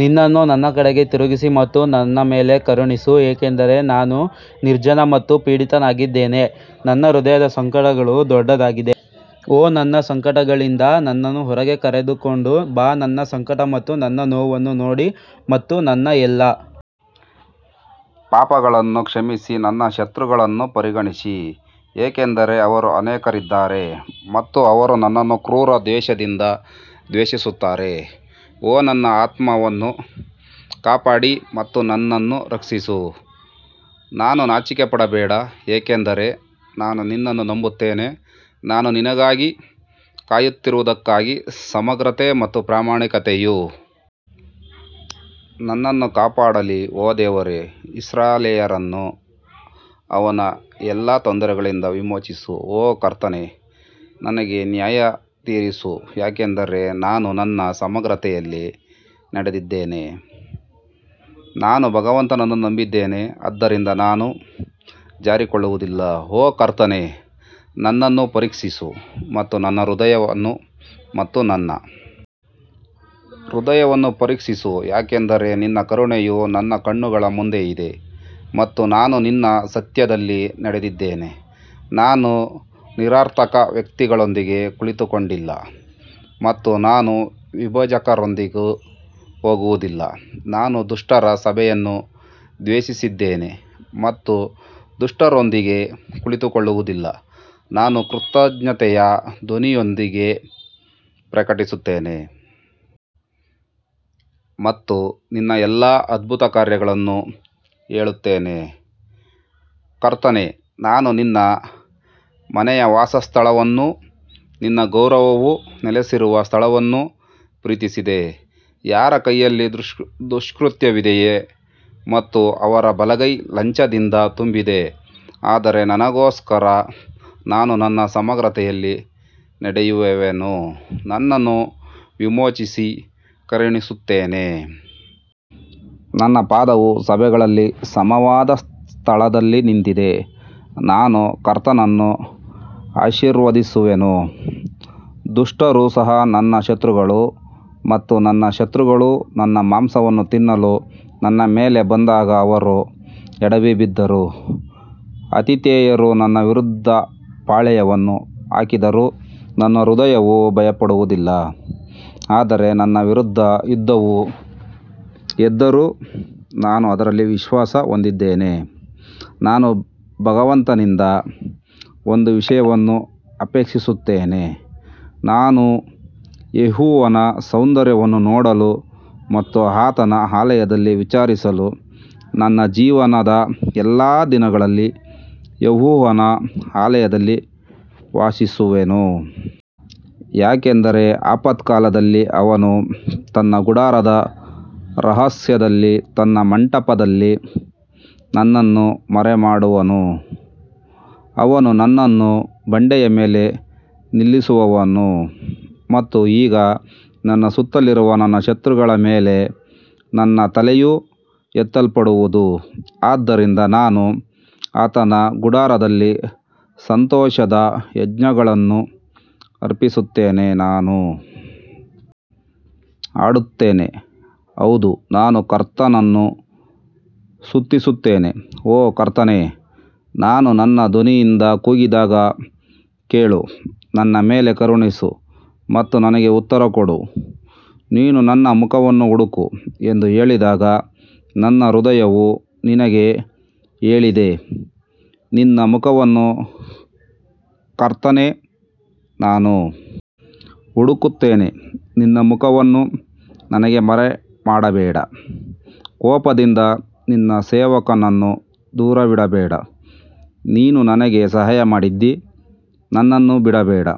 ನಿನ್ನನ್ನು ನನ್ನ ಕಡೆಗೆ ತಿರುಗಿಸಿ ಮತ್ತು ನನ್ನ ಮೇಲೆ ಕರುಣಿಸು, ಏಕೆಂದರೆ ನಾನು ನಿರ್ಜನ ಮತ್ತು ಪೀಡಿತನಾಗಿದ್ದೇನೆ ನನ್ನ ಹೃದಯದ ಸಂಕಟಗಳು ದೊಡ್ಡದಾಗಿದೆ ಓ ನನ್ನ ಸಂಕಟಗಳಿಂದ ನನ್ನನ್ನು ಹೊರಗೆ ಕರೆದುಕೊಂಡು ಬಾ ನನ್ನ ಸಂಕಟ ಮತ್ತು ನನ್ನ ನೋವನ್ನು ನೋಡಿ ಮತ್ತು ನನ್ನ ಎಲ್ಲಾ ಪಾಪಗಳನ್ನು ಕ್ಷಮಿಸಿ ನನ್ನ ಶತ್ರುಗಳನ್ನು ಪರಿಗಣಿಸಿ ಏಕೆಂದರೆ ಅವರು ಅನೇಕರಿದ್ದಾರೆ ಮತ್ತು ಅವರು ನನ್ನನ್ನು ಕ್ರೂರ ದ್ವೇಷದಿಂದ ದ್ವೇಷಿಸುತ್ತಾರೆ ಓ ನನ್ನ ಆತ್ಮವನ್ನು ಕಾಪಾಡಿ ಮತ್ತು ನನ್ನನ್ನು ರಕ್ಷಿಸು, ನಾನು ನಾಚಿಕೆಪಡಬೇಡ, ಏಕೆಂದರೆ ನಾನು ನಿನ್ನನ್ನು ನಂಬುತ್ತೇನೆ ನಾನು ನಿನಗಾಗಿ ಕಾಯುತ್ತಿರುವುದಕ್ಕಾಗಿ ಸಮಗ್ರತೆ ಮತ್ತು ಪ್ರಾಮಾಣಿಕತೆಯು ನನ್ನನ್ನು ಕಾಪಾಡಲಿ ಓ ದೇವರೇ ಇಸ್ರಾಯೇಲ್ಯರನ್ನು ಅವನ ಎಲ್ಲಾ ತೊಂದರೆಗಳಿಂದ ವಿಮೋಚಿಸು ಓ ಕರ್ತನೇ ನನಗೆ ನ್ಯಾಯತೀರಿಸು ಯಾಕಂದರೆ ನಾನು ನನ್ನ ಸಮಗ್ರತೆಯಲ್ಲಿ ನಡೆದಿದ್ದೇನೆ ನಾನು ಭಗವಂತನನ್ನು ನಂಬಿದ್ದೇನೆ ಆದ್ದರಿಂದ ನಾನು ಜಾರಿಕೊಳ್ಳುವುದಿಲ್ಲ ಓ ಕರ್ತನೇ ನನ್ನನ್ನು ಪರೀಕ್ಷಿಸು ಮತ್ತು ನನ್ನ ಹೃದಯವನ್ನು ಮತ್ತು ನನ್ನ ಹೃದಯವನ್ನು ಪರೀಕ್ಷಿಸು ಯಾಕಂದರೆ ನಿನ್ನ ಕರುಣೆಯು ನನ್ನ ಕಣ್ಣುಗಳ ಮುಂದೆ ಇದೆ ಮತ್ತು ನಾನು ನಿನ್ನ ಸತ್ಯದಲ್ಲಿ ನಡೆದಿದ್ದೇನೆ ನಾನು ನಿರರ್ಥಕ ವ್ಯಕ್ತಿಗಳೊಂದಿಗೆ ಕುಳಿತುಕೊಂಡಿಲ್ಲ ಮತ್ತು ನಾನು ವಿಭಜಕರೊಂದಿಗೆ ಹೋಗುವುದಿಲ್ಲ ನಾನು ದುಷ್ಟರ ಸಭೆಯನ್ನು ದ್ವೇಷಿಸಿದ್ದೇನೆ ಮತ್ತು ದುಷ್ಟರೊಂದಿಗೆ ಕುಳಿತುಕೊಳ್ಳುವುದಿಲ್ಲ ನಾನು ಕೃತಜ್ಞತೆಯ ಧ್ವನಿಯೊಂದಿಗೆ ಪ್ರಕಟಿಸುತ್ತೇನೆ ಮತ್ತು ನಿನ್ನ ಎಲ್ಲಾ ಅದ್ಭುತ ಕಾರ್ಯಗಳನ್ನು ಹೇಳುತ್ತೇನೆ ಕರ್ತನೇ ನಾನು ನಿನ್ನ ಮನೆಯ ವಾಸಸ್ಥಾನವನ್ನೂ ನಿನ್ನ ಗೌರವವು ನೆಲೆಸಿರುವ ಸ್ಥಳವನ್ನೂ ಪ್ರೀತಿಸಿದೆ ಯಾರ ಕೈಯಲ್ಲಿ ದುಷ್ಕೃತ್ಯವಿದೆ ಮತ್ತು ಅವರ ಬಲಗೈ ಲಂಚದಿಂದ ತುಂಬಿದೆ ಆದರೆ ನನಗೋಸ್ಕರ ನಾನು ನನ್ನ ಸಮಗ್ರತೆಯಲ್ಲಿ ನಡೆಯುವೆನು, ನನ್ನನ್ನು ವಿಮೋಚಿಸಿ ಕರುಣಿಸುತ್ತೇನೆ ನನ್ನ ಪಾದವು ಸಭೆಗಳಲ್ಲಿ ಸಮವಾದ ಸ್ಥಳದಲ್ಲಿ ನಿಂತಿದೆ ನಾನು ಕರ್ತನನ್ನು ಆಶೀರ್ವದಿಸುವೆನು ದುಷ್ಟರು ಸಹ ನನ್ನ ಶತ್ರುಗಳು ಮತ್ತು ನನ್ನ ಶತ್ರುಗಳು ನನ್ನ ಮಾಂಸವನ್ನು ತಿನ್ನಲು ನನ್ನ ಮೇಲೆ ಬಂದಾಗ ಅವರು ಎಡವಿ ಬಿದ್ದರು ಆತಿಥೇಯರು ನನ್ನ ವಿರುದ್ಧ ಪಾಳೆಯವನ್ನು ಹಾಕಿದರೂ ನನ್ನ ಹೃದಯವು ಭಯಪಡುವುದಿಲ್ಲ, ಆದರೆ ನನ್ನ ವಿರುದ್ಧ ಯುದ್ಧವು ಎದ್ದರೂ ನಾನು ಅದರಲ್ಲಿ ವಿಶ್ವಾಸ ಹೊಂದಿದ್ದೇನೆ ನಾನು ಭಗವಂತನಿಂದ ಒಂದು ವಿಷಯವನ್ನು ಅಪೇಕ್ಷಿಸುತ್ತೇನೆ, ನಾನು ಯೆಹೋವನ ಸೌಂದರ್ಯವನ್ನು ನೋಡಲು ಮತ್ತು ಆತನ ಆಲಯದಲ್ಲಿ ವಿಚಾರಿಸಲು ನನ್ನ ಜೀವನದ ಎಲ್ಲಾ ದಿನಗಳಲ್ಲಿ ಯೆಹೋವನ ಆಲಯದಲ್ಲಿ ವಾಸಿಸುವೆನು. ಯಾಕಂದರೆ ಆಪತ್ಕಾಲದಲ್ಲಿ ಅವನು ತನ್ನ ಗುಡಾರದ ರಹಸ್ಯದಲ್ಲಿ ತನ್ನ ಮಂಟಪದಲ್ಲಿ ನನ್ನನ್ನು ಮರೆಮಾಡುವನು, ಅವನು ನನ್ನನ್ನು ಬಂಡೆಯ ಮೇಲೆ ನಿಲ್ಲಿಸುವನು ಮತ್ತು ಈಗ ನನ್ನ ಸುತ್ತಲಿರುವ ನನ್ನ ಶತ್ರುಗಳ ಮೇಲೆ ನನ್ನ ತಲೆಯು ಎತ್ತಲ್ಪಡುವದು ಆದ್ದರಿಂದ ನಾನು ಆತನ ಗುಡಾರದಲ್ಲಿ ಸಂತೋಷದ ಯಜ್ಞಗಳನ್ನು ಅರ್ಪಿಸುತ್ತೇನೆ ನಾನು ಹಾಡುತ್ತೇನೆ ಹೌದು ನಾನು ಕರ್ತನನ್ನು ಸ್ತುತಿಸುತ್ತೇನೆ ಓ ಕರ್ತನೇ ನಾನು ನನ್ನ ಧ್ವನಿಯಿಂದ ಕೂಗಿದಾಗ ಕೇಳು, ನನ್ನ ಮೇಲೆ ಕರುಣಿಸು ಮತ್ತು ನನಗೆ ಉತ್ತರ ಕೊಡು ನೀನು ನನ್ನ ಮುಖವನ್ನು ಹುಡುಕು ಎಂದು ಹೇಳಿದಾಗ ನನ್ನ ಹೃದಯವು ನಿನಗೆ ಹೇಳಿದೆ ನಿನ್ನ ಮುಖವನ್ನು ಕರ್ತನೇ ನಾನು ಹುಡುಕುತ್ತೇನೆ ನಿನ್ನ ಮುಖವನ್ನು ನನಗೆ ಮರೆಮಾಡಬೇಡ ಕೋಪದಿಂದ ನಿನ್ನ ಸೇವಕನನ್ನು ದೂರವಿಡಬೇಡ, ನೀನು ನನಗೆ ಸಹಾಯ ಮಾಡಿದ್ದೀ, ನನ್ನನ್ನು ಬಿಡಬೇಡ,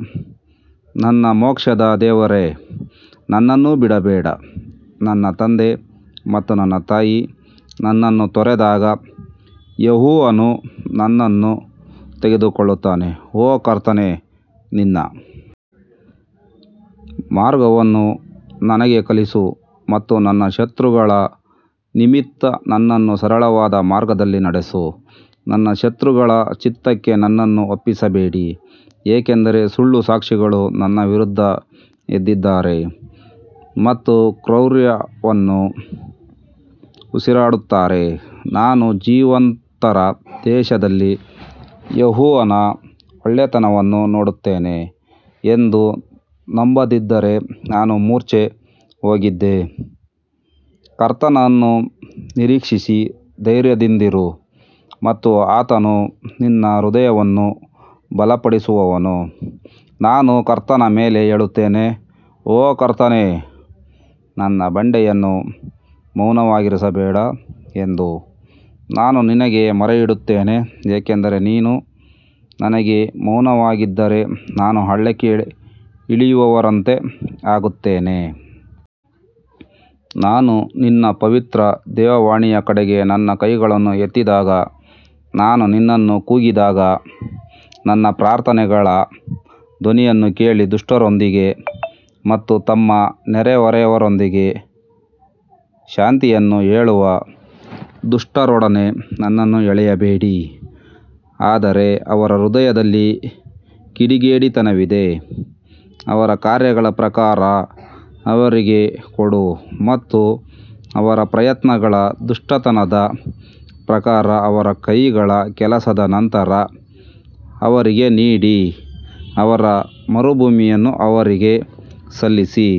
ನನ್ನ ಮೋಕ್ಷದ ದೇವರೇ, ನನ್ನನ್ನು ಬಿಡಬೇಡ ನನ್ನ ತಂದೆ ಮತ್ತು ನನ್ನ ತಾಯಿ ನನ್ನನ್ನು ತೊರೆದಾಗ ಯೆಹೋವನು ನನ್ನನ್ನು ತೆಗೆದುಕೊಳ್ಳುತ್ತಾನೆ ಓ ಕರ್ತನೇ ನಿನ್ನ ಮಾರ್ಗವನ್ನು ನನಗೆ ಕಲಿಸು ಮತ್ತು ನನ್ನ ಶತ್ರುಗಳ ನಿಮಿತ್ತ ನನ್ನನ್ನು ಸರಳವಾದ ಮಾರ್ಗದಲ್ಲಿ ನಡೆಸು ನನ್ನ ಶತ್ರುಗಳ ಚಿತ್ತಕ್ಕೆ ನನ್ನನ್ನು ಒಪ್ಪಿಸಬೇಡಿ ಏಕೆಂದರೆ ಸುಳ್ಳು ಸಾಕ್ಷಿಗಳು ನನ್ನ ವಿರುದ್ಧ ಎದ್ದಿದ್ದಾರೆ ಮತ್ತು ಕ್ರೌರ್ಯವನ್ನು ಉಸಿರಾಡುತ್ತಾರೆ ನಾನು ಜೀವಂತರ ದೇಶದಲ್ಲಿ ಯೆಹೋವನ ಒಳ್ಳೆಯತನವನ್ನು ನೋಡುತ್ತೇನೆ ಎಂದು ನಂಬದಿದ್ದರೆ ನಾನು ಮೂರ್ಛೆ ಹೋಗಿದ್ದೆ ಕರ್ತನನ್ನು ನಿರೀಕ್ಷಿಸಿ ಧೈರ್ಯದಿಂದಿರು ಮತ್ತು ಆತನು ನಿನ್ನ ಹೃದಯವನ್ನು ಬಲಪಡಿಸುವನು, ನಾನು ಕರ್ತನ ಮೇಲೆ ಹೇಳುತ್ತೇನೆ ಓ ಕರ್ತನೇ ನನ್ನ ಬಂಡೆಯನ್ನು ಮೌನವಾಗಿರಿಸಬೇಡ ಎಂದು ನಾನು ನಿನಗೆ ಮೊರೆಯಿಡುತ್ತೇನೆ, ಏಕೆಂದರೆ ನೀನು ನನಗೆ ಮೌನವಾಗಿದ್ದರೆ ನಾನು ಹಳ್ಳಕ್ಕೆ ಇಳಿಯುವವರಂತೆ ಆಗುತ್ತೇನೆ. ನಾನು ನಿನ್ನ ಪವಿತ್ರ ದೇವವಾಣಿಯ ಕಡೆಗೆ ನನ್ನ ಕೈಗಳನ್ನು ಎತ್ತಿದಾಗ ನಾನು ನಿನ್ನನ್ನು ಕೂಗಿದಾಗ ನನ್ನ ಪ್ರಾರ್ಥನೆಗಳ ಧ್ವನಿಯನ್ನು ಕೇಳಿ ದುಷ್ಟರೊಂದಿಗೆ ಮತ್ತು ತಮ್ಮ ನೆರೆಹೊರೆಯವರೊಂದಿಗೆ ಶಾಂತಿಯನ್ನು ಹೇಳುವ ದುಷ್ಟರೊಡನೆ ನನ್ನನ್ನು ಎಳೆಯಬೇಡಿ ಆದರೆ ಅವರ ಹೃದಯದಲ್ಲಿ ಕಿಡಿಗೇಡಿತನವಿದೆ. ಅವರ ಕಾರ್ಯಗಳ ಪ್ರಕಾರ ಅವರಿಗೆ ಕೊಡು ಮತ್ತು ಅವರ ಪ್ರಯತ್ನಗಳ ದುಷ್ಟತನದ ಪ್ರಕಾರ ಅವರ ಕೈಗಳ ಕೆಲಸದ ನಂತರ ಅವರಿಗೆ ನೀಡಿ ಅವರ ಮರುಭೂಮಿಯನ್ನು ಅವರಿಗೆ ಸಲ್ಲಿಸಿ.